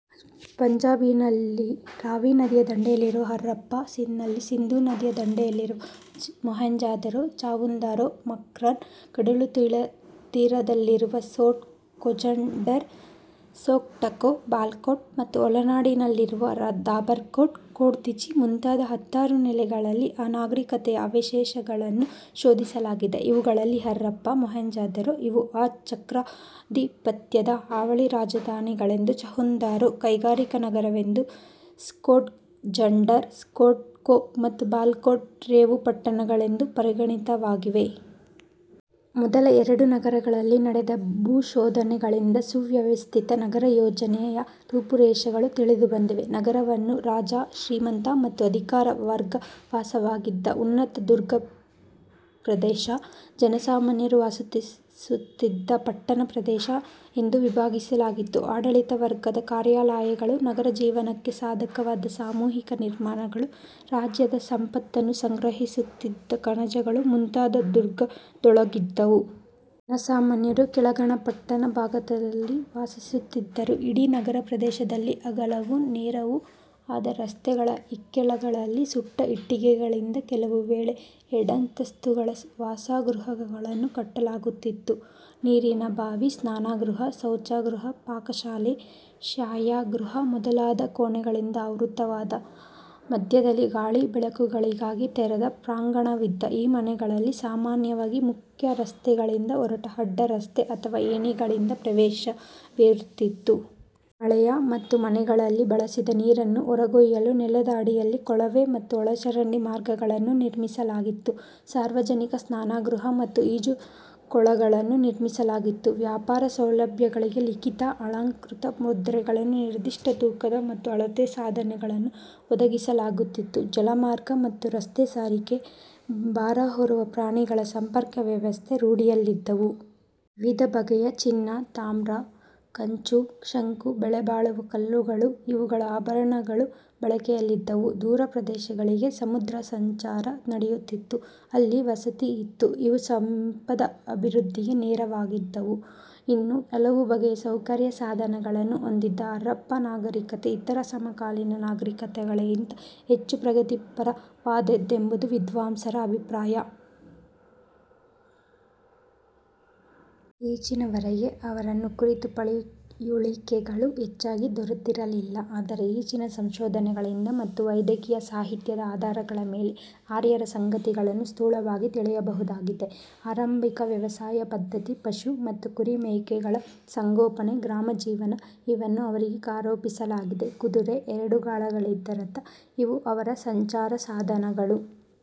ಪಂಜಾಬಿನಲ್ಲಿ ರಾವಿ ನದಿಯ ದಂಡೆಯಲ್ಲಿರುವ ಹರಪ್ಪ, ಸಿಂಧ್ನಲ್ಲಿ ಸಿಂಧೂ ನದಿಯ ದಂಡೆಯಲ್ಲಿರುವ ಮೊಹೆಂಜೊದಾರೊ, ಚಾನ್ಹುದಾರೊ, ಮಕ್ರಾನ್, ಕಡಲುತೀರದಲ್ಲಿರುವ ಸೋಟ್ ಕೋಜಂಡಾರ್, ಸೋಟ್ಕೋಖೋ, ಬಾಲಕೋಟ, ಮತ್ತು ಒಳನಾಡಿನಲ್ಲಿರುವ ದಾಬರಕೋಟ್, ಕೋಟ್ದೀಜಿ ಮುಂತಾದ ಹತ್ತಾರು ನೆಲೆಗಳಲ್ಲಿ ಆ ನಾಗರಿಕತೆಯ ಅವಶೇಷಗಳನ್ನು ಶೋಧಿಸಲಾಗಿದೆ. ಇವುಗಳಲ್ಲಿ ಹರಪ್ಪಾ, ಮೊಹೆಂಜೊದಾರೊ ಇವು ಆ ಚಕ್ರಾಧಿಪತ್ಯದ ಅವಳಿ ರಾಜಧಾನಿಗಳೆಂದೂ ಚಾನ್ಹುದಾರೊ ಕೈಗಾರಿಕಾ ನಗರವೆಂದೂ ಸೋಟ್ಕೋಜಂಡಾರ, ಸೊಟ್ಕೋಖೋ ಮತ್ತು ಬಾಲಕ್ಕೋಟ್ ರೇವುಪಟ್ಟಣಗಳೆಂದೂ ಪರಿಗಣಿತವಾಗಿವೆ. ಮೊದಲ ಎರಡು ನಗರಗಳಲ್ಲಿ ನಡೆದ ಭೂಶೋಧನೆಗಳಿಂದ ಸುವ್ಯವಸ್ಥಿತ ನಗರಯೋಜನೆಯ ರೂಪುರೇಷೆಗಳು ತಿಳಿದುಬಂದಿವೆ. ನಗರವನ್ನು ರಾಜ, ಶ್ರೀಮಂತ ಮತ್ತು ಅಧಿಕಾರ ವರ್ಗವಾಸವಾಗಿದ್ದ ಉನ್ನತ ದುರ್ಗ ಪ್ರದೇಶ, ಜನಸಾಮಾನ್ಯರು ವಾಸಿಸುತ್ತಿದ್ದ ಪಟ್ಟಣ ಪ್ರದೇಶ ಎಂದು ವಿಭಾಗಿಸಲಾಗಿತ್ತು. ಆಡಳಿತ ವರ್ಗದ ಕಾರ್ಯಾಲಯಗಳು, ನಗರ ಜೀವನಕ್ಕೆ ಸಾಧಕವಾದ ಸಾಮೂಹಿಕ ನಿರ್ಮಾಣಗಳು, ರಾಜ್ಯದ ಸಂಪತ್ತನ್ನು ಸಂಗ್ರಹಿಸುತ್ತಿದ್ದ ಕಣಜಗಳು ಮುಂತಾದವು ದುರ್ಗದೊಳಗಿದ್ದುವು. ಜನಸಾಮಾನ್ಯರು ಕೆಳಗಣ ಪಟ್ಟಣ ಭಾಗದಲ್ಲಿ ವಾಸಿಸುತ್ತಿದ್ದರು. ಇಡೀ ನಗರಪ್ರದೇಶದಲ್ಲಿ ಅಗಲವೂ ನೇರವೂ ಆದ ರಸ್ತೆಗಳ ಇಕ್ಕೆಲಗಳಲ್ಲಿ ಸುಟ್ಟ ಇಟ್ಟಿಗೆಗಳಿಂದ ಕೆಲವು ವೇಳೆ ಎರಡಂತಸ್ತುಗಳ ವಾಸಗೃಹಗಳನ್ನು ಕಟ್ಟಲಾಗುತ್ತಿತ್ತು. ನೀರಿನ ಬಾವಿ, ಸ್ನಾನಗೃಹ, ಶೌಚಗೃಹ, ಪಾಕಶಾಲೆ, ಶಯ್ಯಾಗೃಹ ಮೊದಲಾದ ಕೋಣೆಗಳಿಂದ ಆವೃತವಾದ, ಮಧ್ಯದಲ್ಲಿ ಗಾಳಿ ಬೆಳಕುಗಳಿಗಾಗಿ ತೆರೆದ ಪ್ರಾಂಗಣವಿದ್ದ ಈ ಮನೆಗಳಿಗೆ ಸಾಮಾನ್ಯವಾಗಿ ಮುಖ್ಯ ರಸ್ತೆಗಳಿಂದ ಹೊರಟ ಅಡ್ಡರಸ್ತೆ ಅಥವಾ ಏಣಿಗಳಿಂದ ಪ್ರವೇಶವಿರುತ್ತಿತ್ತು. ಮಳೆಯ ಮತ್ತು ಮನೆಗಳಲ್ಲಿ ಬಳಸಿದ ನೀರನ್ನು ಹೊರಗೊಯ್ಯಲು ನೆಲದ ಅಡಿಯಲ್ಲಿ ಕೊಳವೆ ಮತ್ತು ಒಳಚರಂಡಿ ಮಾರ್ಗಗಳನ್ನು ನಿರ್ಮಿಸಲಾಗಿತ್ತು. ಸಾರ್ವಜನಿಕ ಸ್ನಾನಗೃಹ ಮತ್ತು ಈಜುಕೊಳಗಳನ್ನು ನಿರ್ಮಿಸಲಾಗಿತ್ತು. ವ್ಯಾಪಾರ ಸೌಲಭ್ಯಗಳಿಗೆ ಲಿಖಿತ-ಅಲಂಕೃತ ಮುದ್ರೆಗಳನ್ನು, ನಿರ್ದಿಷ್ಟ ತೂಕದ ಮತ್ತು ಅಳತೆಯ ಸಾಧನಗಳನ್ನು ಒದಗಿಸಲಾಗುತ್ತಿತ್ತು. ಜಲಮಾರ್ಗ ಮತ್ತು ರಸ್ತೆಸಾರಿಗೆ, ಭಾರ ಹೊರುವ ಪ್ರಾಣಿಗಳ ಸಂಪರ್ಕ ವ್ಯವಸ್ಥೆ ರೂಢಿಯಲ್ಲಿದ್ದುವು. ವಿವಿಧ ಬಗೆಯ ಚಿನ್ನ ತಾಮ್ರ, ಕಂಚು, ಶಂಕು, ಬೆಲೆಬಾಳುವ ಕಲ್ಲುಗಳು ಇವುಗಳ ಆಭರಣಗಳು ಬಳಕೆಯಲ್ಲಿದ್ದುವು. ದೂರ ಪ್ರದೇಶಗಳಿಗೆ ಸಮುದ್ರಸಂಚಾರ ನಡೆಯುತ್ತಿತ್ತು. ಅಲ್ಲಿ ವಸತಿಯಿತ್ತು. ಇವು ಸಂಪದಭಿವೃದ್ಧಿಗೆ ನೆರವಾಗಿದ್ದುವು. ಇನ್ನೂ ಹಲವು ಬಗೆಯ ಸೌಕರ್ಯ ಸಾಧನಗಳನ್ನು ಹೊಂದಿದ್ದ ಹರಪ್ಪ ನಾಗರಿಕತೆ ಇತರ ಸಮಕಾಲೀನ ನಾಗರಿಕತೆಗಳಿಗಿಂತ ಹೆಚ್ಚು ಪ್ರಗತಿಪರವಾದ್ದೆಂಬುದು ವಿದ್ವಾಂಸರ ಅಭಿಪ್ರಾಯ. ಈಚಿನವರೆಗೆ ಅವರನ್ನು ಕುರಿತ ಪಳಿಯುಳಿಕೆಗಳು ಹೆಚ್ಚಾಗಿ ದೊರೆತಿರಲಿಲ್ಲ. ಆದರೆ ಈಚಿನ ಸಂಶೋಧನೆಗಳಿಂದ ಮತ್ತು ವೈದಿಕ ಸಾಹಿತ್ಯದ ಆಧಾರಗಳ ಮೇಲೆ ಆರ್ಯರ ಸಂಗತಿಗಳನ್ನು ಸ್ಥೂಲವಾಗಿ ತಿಳಿಯಬಹುದಾಗಿದೆ. ಆರಂಭಿಕ ವ್ಯವಸಾಯಪದ್ಧತಿ, ಪಶು ಮತ್ತು ಕುರಿ ಮೇಕೆಗಳ ಸಂಗೋಪನೆ, ಗ್ರಾಮಜೀವನ ಇವನ್ನು ಅವರಿಗೆ ಆರೋಪಿಸಲಾಗಿದೆ. ಕುದುರೆ, ಎರಡು ಗಾಲಿಗಳಿದ್ದ ರಥ ಇವು-ಅವರ ಸಂಚಾರಸಾಧನಗಳು.